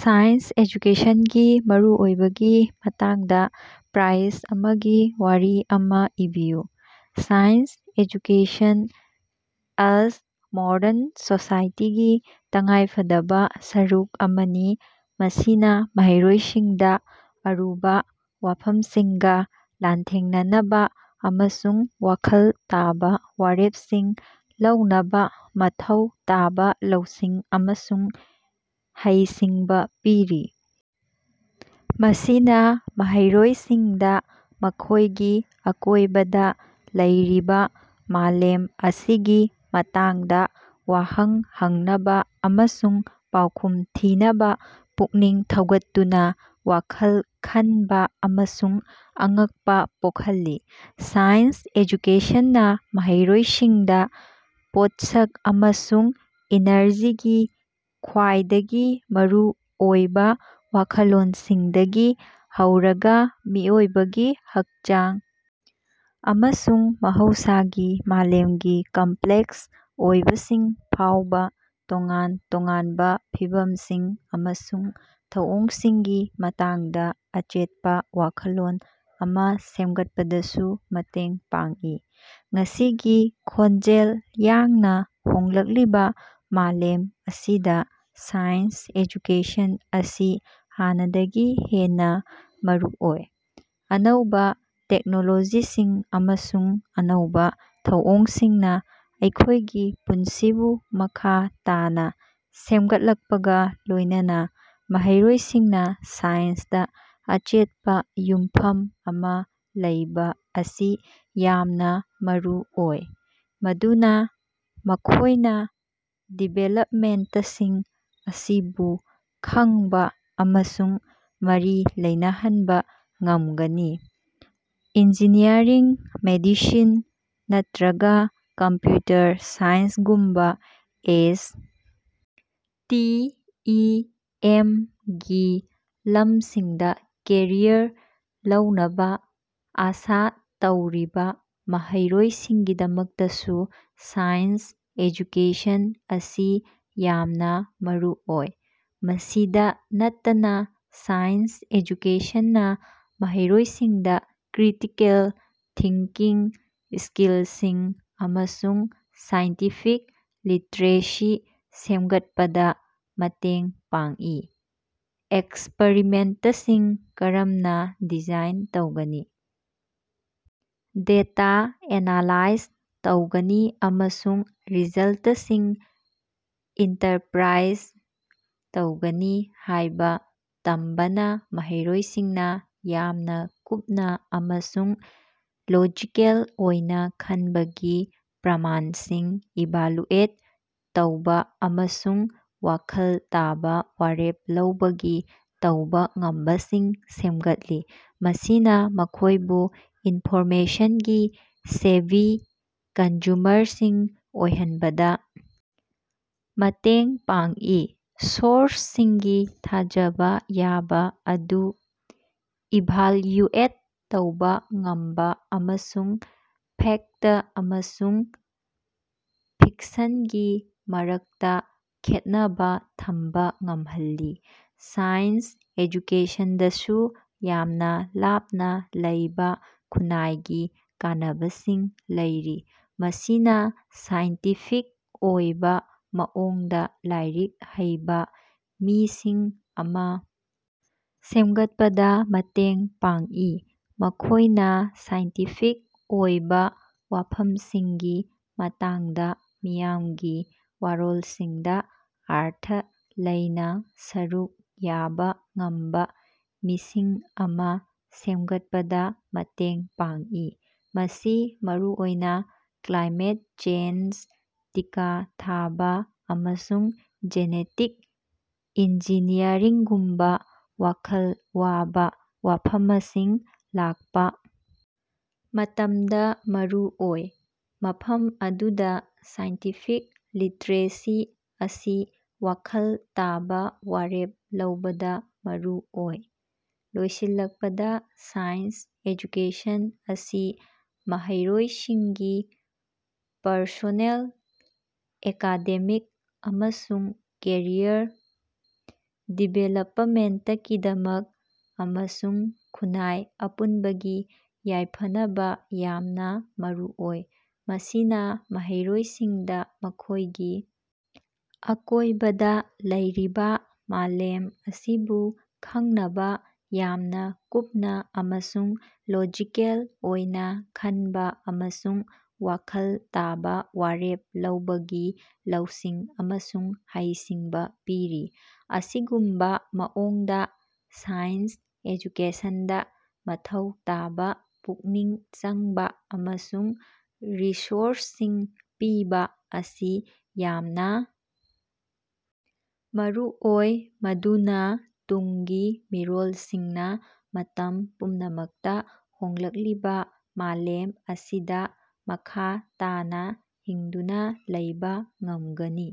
Science ꯑꯦꯖꯨꯀꯦꯁꯟꯒꯤ ꯃꯔꯨꯑꯣꯏꯕꯒꯤ ꯃꯇꯥꯡꯗꯥ ꯄ꯭ꯔ꯭ꯏꯁ ꯑꯃꯒꯤ ꯋꯥꯔꯤ ꯑꯃꯥ ꯏꯕꯤꯌꯨ꯫ ꯁꯥꯏꯟꯁ ꯑꯦꯖꯨꯀꯦꯁꯟ ꯑꯁ ꯃꯣꯗꯔꯟ ꯁꯣꯁꯥꯏꯇꯤꯒꯤ ꯇꯉꯥꯏꯐꯗꯕꯥ ꯁꯔꯨꯛ ꯑꯃꯅꯤ, ꯃꯁꯤꯅꯥ ꯃꯍꯩꯔꯣꯏꯁꯤꯡꯗꯥ ꯑꯔꯨꯕꯥ ꯋꯥꯐꯝꯁꯤꯡꯒꯥ ꯂꯥꯟꯊꯦꯡꯅꯅꯕꯥ ꯑꯃꯁꯨꯡ ꯋꯥꯈꯜ ꯇꯥꯕꯥ ꯋꯥꯔꯦꯞꯁꯤꯡ ꯂꯧꯅꯕꯥ ꯃꯊꯧ ꯇꯥꯕꯥ ꯂꯧꯁꯤꯡ ꯑꯃꯁꯨꯡ ꯍꯩꯁꯤꯡꯕꯥ ꯄꯤꯔꯤ꯫ ꯃꯁꯤꯅꯥ ꯃꯍꯩꯔꯣꯌꯁꯤꯡꯗꯥ ꯃꯈꯣꯢꯒꯤ ꯑꯀꯣꯢꯕꯗꯥ ꯂꯩꯔꯤꯕꯥ ꯃꯥꯂꯦꯝ ꯑꯁꯤꯒꯤ ꯃꯇꯥꯡꯗꯥ ꯋꯥꯍꯪ ꯍꯪꯅꯕꯥ ꯑꯃꯁꯨꯡ ꯄꯥꯎꯈꯨꯝ ꯊꯤꯅꯕꯥ ꯄꯨꯛꯅꯤꯡ ꯊꯧꯒꯠꯇꯨꯅꯥ ꯋꯥꯈꯜ ꯈꯟꯕꯥ ꯑꯃꯁꯨꯡ ꯑꯉꯛꯄꯥ ꯄꯣꯛꯍꯜꯂꯤ꯫ ꯁꯥꯏꯟꯁ ꯑꯦꯖꯨꯀꯦꯁꯟꯅꯥ ꯃꯍꯩꯔꯣꯌꯁꯤꯡꯗꯥ ꯄꯣꯠꯁꯛ ꯑꯃꯁꯨꯡ ꯏꯅꯔꯖꯤꯒꯤ ꯈ꯭ꯋꯥꯏꯗꯒꯤ ꯃꯔꯨ ꯑꯣꯏꯕꯥ ꯋꯥꯈꯜꯂꯣꯟꯁꯤꯡꯗꯒꯤ ꯍꯧꯔꯒꯥ ꯃꯤꯑꯣꯏꯕꯒꯤ ꯍꯛꯆꯥꯡ ꯑꯃꯁꯨꯡ ꯃꯍꯧꯁꯥꯒꯤ ꯃꯥꯂꯦꯝꯒꯤ ꯀꯝꯄ꯭ꯂꯦꯛꯁ ꯑꯣꯏꯕꯁꯤꯡ ꯐꯥꯎꯕꯥ ꯇꯣꯉꯥꯟ ꯇꯣꯉꯥꯟꯕꯥ ꯐꯤꯚꯝꯁꯤꯡ ꯑꯃꯁꯨꯡ ꯊꯧꯑꯣꯡꯁꯤꯡꯒꯤ ꯃꯇꯥꯡꯗꯥ ꯑꯆꯦꯠꯄꯥ ꯋꯥꯈꯜꯂꯣꯟ ꯑꯃꯥ ꯁꯦꯝꯒꯠꯄꯗꯁꯨ ꯃꯇꯦꯡ ꯄꯥꯡꯏ꯫ ꯉꯁꯤꯒꯤ ꯈꯣꯟꯖꯦꯜ ꯌꯥꯡꯅꯥ ꯍꯣꯡꯂꯛꯂꯤꯕꯥ ꯃꯥꯂꯦꯝ ꯑꯁꯤꯗꯥ ꯁꯥꯏꯟꯁ ꯑꯦꯖꯨꯀꯦꯁꯟ ꯑꯁꯤ ꯍꯥꯟꯅꯗꯒꯤ ꯍꯦꯟꯅꯥ ꯃꯔꯨꯑꯣꯏ꯫ ꯑꯅꯧꯕꯥ ꯇꯦꯛꯅꯣꯂꯣꯖꯤꯁꯤꯡ ꯑꯃꯁꯨꯡ ꯑꯅꯧꯕꯥ ꯊꯧꯑꯣꯡꯁꯤꯡꯅꯥ ꯑꯩꯈꯣꯢꯒꯤ ꯄꯨꯟꯁꯤꯕꯨ ꯃꯈꯥ ꯇꯥꯅꯥ ꯁꯦꯃꯒꯠꯂꯛꯄꯒꯥ ꯂꯣꯢꯅꯅꯥ ꯃꯍꯩꯔꯣꯏꯁꯤꯡꯅꯥ ꯁꯥꯏꯟꯁꯇꯥ ꯑꯆꯦꯠꯄꯥ ꯌꯨꯝꯐꯝ ꯑꯃꯥ ꯂꯩꯕꯥ ꯑꯁꯤ ꯌꯥꯝꯅꯥ ꯃꯔꯨ ꯑꯣꯏ, ꯃꯗꯨꯅꯥ ꯃꯈꯣꯢꯅꯥ ꯗꯤꯕꯦꯂꯞꯃꯦꯟꯇꯁꯤꯡ ꯑꯁꯤꯕꯨ ꯈꯪꯕꯥ ꯑꯃꯁꯨꯡ ꯃꯔꯤ ꯂꯩꯅꯍꯟꯕꯥ ꯉꯃꯒꯅꯤ꯫ ꯏꯟꯖꯤꯅꯤꯌꯔꯤꯡ, ꯃꯦꯗꯤꯁꯤꯟ, ꯅꯠꯇ꯭ꯔꯒꯥ ꯀꯝꯄ꯭ꯌꯨꯇꯔ ꯁꯥꯏꯟꯁꯒꯨꯝꯕꯥ ꯑꯦꯁ. ꯇꯤ. ꯏ. ꯑꯦꯝ. ꯒꯤ ꯂꯃꯁꯤꯡꯗꯥ ꯀꯦꯔꯤꯌꯔ ꯂꯧꯅꯕꯥ ꯑꯥꯁꯥ ꯇꯧꯔꯤꯕꯥ ꯃꯍꯩꯔꯣꯏꯁꯤꯡꯒꯤꯗꯃꯛꯇꯁꯨ ꯁꯥꯏꯟꯁ ꯑꯦꯖꯨꯀꯦꯁꯟ ꯑꯁꯤ ꯌꯥꯝꯅꯥ ꯃꯔꯨꯑꯣꯏ꯫ ꯃꯁꯤꯗꯥ ꯅꯠꯇꯅꯥ ꯁꯥꯏꯟꯁ ꯑꯦꯖꯨꯀꯦꯁꯟꯅꯥ ꯃꯍꯩꯔꯣꯏꯁꯤꯡꯗꯥ ꯀ꯭ꯔꯤꯇꯤꯀꯦꯜ ꯊꯤꯡꯀꯤꯡ ꯁ꯭ꯀꯤꯜꯁꯤꯡ ꯑꯃꯁꯨꯡ ꯁꯥꯏꯟꯇꯤꯐꯤꯛ ꯂꯤꯇ꯭ꯔꯦꯁꯤ ꯁꯦꯝꯒꯠꯄꯗꯥ ꯃꯇꯦꯡ ꯄꯥꯡꯏ꯫ ꯑꯦꯛꯁꯄꯔꯤꯃꯦꯟꯇꯁꯤꯡ ꯀꯔꯝꯅꯥ ꯗꯤꯖꯥꯏꯟ ꯇꯧꯒꯅꯤ, ꯗꯦꯇꯥ ꯑꯦꯅꯥꯂꯥꯏꯖ ꯇꯧꯒꯅꯤ ꯑꯃꯁꯨꯡ ꯔꯤꯖꯜꯇꯁꯤꯡ ꯏꯟꯇꯔꯄ꯭ꯔꯥꯏꯖ ꯇꯧꯒꯅꯤ ꯍꯥꯢꯕꯥ ꯇꯝꯕꯅꯥ ꯃꯍꯩꯔꯣꯏꯁꯤꯡꯅꯥ ꯌꯥꯝꯅꯥ ꯀꯨꯞꯅꯥ ꯑꯃꯁꯨꯡ ꯂꯣꯖꯤꯀꯦꯜ ꯑꯣꯏꯅꯥ ꯈꯅꯕꯒꯤ, ꯄ꯭ꯔꯃꯥꯟꯁꯤꯡ ꯏꯚꯥꯂꯨꯑꯦꯠ ꯇꯧꯕꯥ ꯑꯃꯁꯨꯡ ꯋꯥꯈꯜ ꯇꯥꯕꯥ ꯋꯥꯔꯦꯞ ꯂꯧꯕꯒꯤ ꯇꯧꯕꯥ ꯉꯝꯕꯁꯤꯡ ꯁꯦꯃꯒꯠꯂꯤ꯫ ꯃꯁꯤꯅꯥ ꯃꯈꯣꯢꯕꯨ ꯏꯟꯐꯣꯔꯃꯦꯁꯟꯒꯤ ꯁꯦꯚꯤ ꯀꯟꯖꯨꯃꯔꯁꯤꯡ ꯑꯣꯏꯍꯅꯕꯗꯥ ꯃꯇꯦꯡ ꯄꯥꯡꯏ, ꯁꯣꯔꯁꯁꯤꯡꯒꯤ ꯊꯥꯖꯕꯥ ꯌꯥꯕꯥ ꯑꯗꯨ ꯏꯚꯥꯜꯌꯨꯑꯦꯠ ꯇꯧꯕꯥ ꯉꯝꯕꯥ ꯑꯃꯁꯨꯡ ꯐꯦꯛꯇ ꯑꯃꯁꯨꯡ ꯐꯤꯛꯁꯟꯒꯤ ꯃꯔꯛꯇꯥ ꯈꯦꯠꯅꯕꯥ ꯊꯝꯕꯥ ꯉꯃꯍꯜꯂꯤ꯫ ꯁꯥꯏꯟꯁ ꯑꯦꯖꯨꯀꯦꯁꯟꯗꯁꯨ ꯌꯥꯝꯅꯥ ꯂꯥꯞꯅꯥ ꯂꯩꯕꯥ ꯈꯨꯟꯅꯥꯏꯒꯤ ꯀꯥꯟꯅꯕꯁꯤꯡ ꯂꯩꯔꯤ꯫ ꯃꯁꯤꯅꯥ ꯁꯥꯏꯟꯇꯤꯐꯤꯛ ꯑꯣꯏꯕꯥ ꯃꯑꯣꯡꯗꯥ ꯂꯥꯏꯔꯤꯛ ꯍꯩꯕꯥ ꯃꯤꯁꯤꯡ ꯑꯃꯥ ꯁꯦꯃꯒꯠꯄꯗꯥ ꯃꯇꯦꯡ ꯄꯥꯡꯏ꯫ ꯃꯈꯣꯢꯅꯥ ꯁꯥꯏꯟꯇꯤꯐꯤꯛ ꯑꯣꯏꯕꯥ ꯋꯥꯐꯝꯁꯤꯡꯒꯤ ꯃꯇꯥꯡꯗꯥ ꯃꯤꯌꯥꯝꯒꯤ ꯋꯥꯔꯣꯜꯁꯤꯡꯗꯥ ꯑꯔꯊ ꯂꯩꯅꯥ ꯁꯔꯨꯛ ꯌꯥꯕꯥ ꯉꯝꯕꯥ ꯃꯤꯁꯤꯡ ꯑꯃꯥ ꯁꯦꯝꯒꯠꯄꯗꯥ ꯃꯇꯦꯡ ꯄꯥꯡꯏ꯫ ꯃꯁꯤ ꯃꯔꯨꯑꯣꯏꯅꯥ ꯀ꯭ꯂꯥꯏꯃꯦꯠ ꯆꯦꯟꯖ, ꯇꯤꯀꯥ ꯊꯥꯕꯥ, ꯑꯃꯁꯨꯡ ꯖꯦꯅꯦꯇꯤꯛ ꯏꯟꯖꯤꯅꯤꯌꯔꯤꯡꯒꯨꯝꯕꯥ ꯋꯥꯈꯜ ꯋꯥꯕꯥ ꯋꯥꯐꯃꯁꯤꯡ ꯂꯥꯛꯄꯥ ꯃꯇꯝꯗꯥ ꯃꯔꯨ ꯑꯣꯏ, ꯃꯐꯝ ꯑꯗꯨꯗꯥ ꯁꯥꯏꯟꯇꯤꯐꯤꯛ ꯂꯤꯇ꯭ꯔꯦꯁꯤ ꯑꯁꯤ ꯋꯥꯈꯜ ꯇꯥꯕꯥ ꯋꯥꯔꯦꯞ ꯂꯧꯕꯗꯥ ꯃꯔꯨ ꯑꯣꯏ꯫ ꯂꯣꯏꯁꯤꯜꯂꯛꯄꯗꯥ, ꯁꯥꯏꯟꯁ ꯑꯦꯖꯨꯀꯦꯁꯟ ꯑꯁꯤ ꯃꯍꯩꯔꯣꯏꯁꯤꯡꯒꯤ ꯄꯔꯁꯣꯅꯦꯜ, ꯑꯦꯀꯥꯗꯦꯃꯤꯛ ꯑꯃꯁꯨꯡ ꯀꯦꯔꯤꯌꯔ ꯗꯤꯕꯦꯂꯄꯃꯦꯟꯇꯀꯤꯗꯃꯛ ꯑꯃꯁꯨꯡ ꯈꯨꯟꯅꯥꯏ ꯑꯄꯨꯟꯕꯒꯤ ꯌꯥꯏꯐꯅꯕꯥ ꯌꯥꯝꯅꯥ ꯃꯔꯨꯑꯣꯏ꯫ ꯃꯁꯤꯅꯥ ꯃꯍꯩꯔꯣꯏꯁꯤꯡꯗꯥ ꯃꯈꯣꯢꯒꯤ ꯑꯀꯣꯢꯕꯗꯥ ꯂꯩꯔꯤꯕꯥ ꯃꯥꯂꯦꯝ ꯑꯁꯤꯕꯨ ꯈꯪꯅꯕꯥ ꯌꯥꯝꯅꯥ ꯀꯨꯞꯅꯥ ꯑꯃꯁꯨꯡ ꯂꯣꯖꯤꯀꯦꯜ ꯑꯣꯏꯅꯥ ꯈꯟꯕꯥ ꯑꯃꯁꯨꯡ ꯋꯥꯈꯜ ꯇꯥꯕꯥ ꯋꯥꯔꯦꯞ ꯂꯧꯕꯒꯤ ꯂꯧꯁꯤꯡ ꯑꯃꯁꯨꯡ ꯍꯩꯁꯤꯡꯕꯥ ꯄꯤꯔꯤ꯫ ꯑꯁꯤꯒꯨꯝꯕꯥ ꯃꯑꯣꯡꯗꯥ ꯁꯥꯏꯟꯁ ꯑꯦꯖꯨꯀꯦꯁꯟꯗꯥ ꯃꯊꯧ ꯇꯥꯕꯥ ꯄꯨꯛꯅꯤꯡ ꯆꯪꯕꯥ ꯑꯃꯁꯨꯡ ꯔꯤꯁꯣꯔꯁꯁꯤꯡ ꯄꯤꯕꯥ ꯑꯁꯤ ꯌꯥꯝꯅꯥ ꯃꯔꯨꯑꯣꯏ ꯃꯗꯨꯅꯥ ꯇꯨꯡꯒꯤ ꯃꯤꯔꯣꯜꯁꯤꯡꯅꯥ ꯃꯇꯝ ꯄꯨꯝꯅꯃꯛꯇꯥ ꯍꯣꯡꯂꯛꯂꯤꯕꯥ ꯃꯥꯂꯦꯝ ꯑꯁꯤꯗꯥ ꯃꯈꯥ ꯇꯥꯅꯥ ꯍꯤꯡꯗꯨꯅꯥ ꯂꯩꯕꯥ ꯉꯃꯒꯅꯤ꯫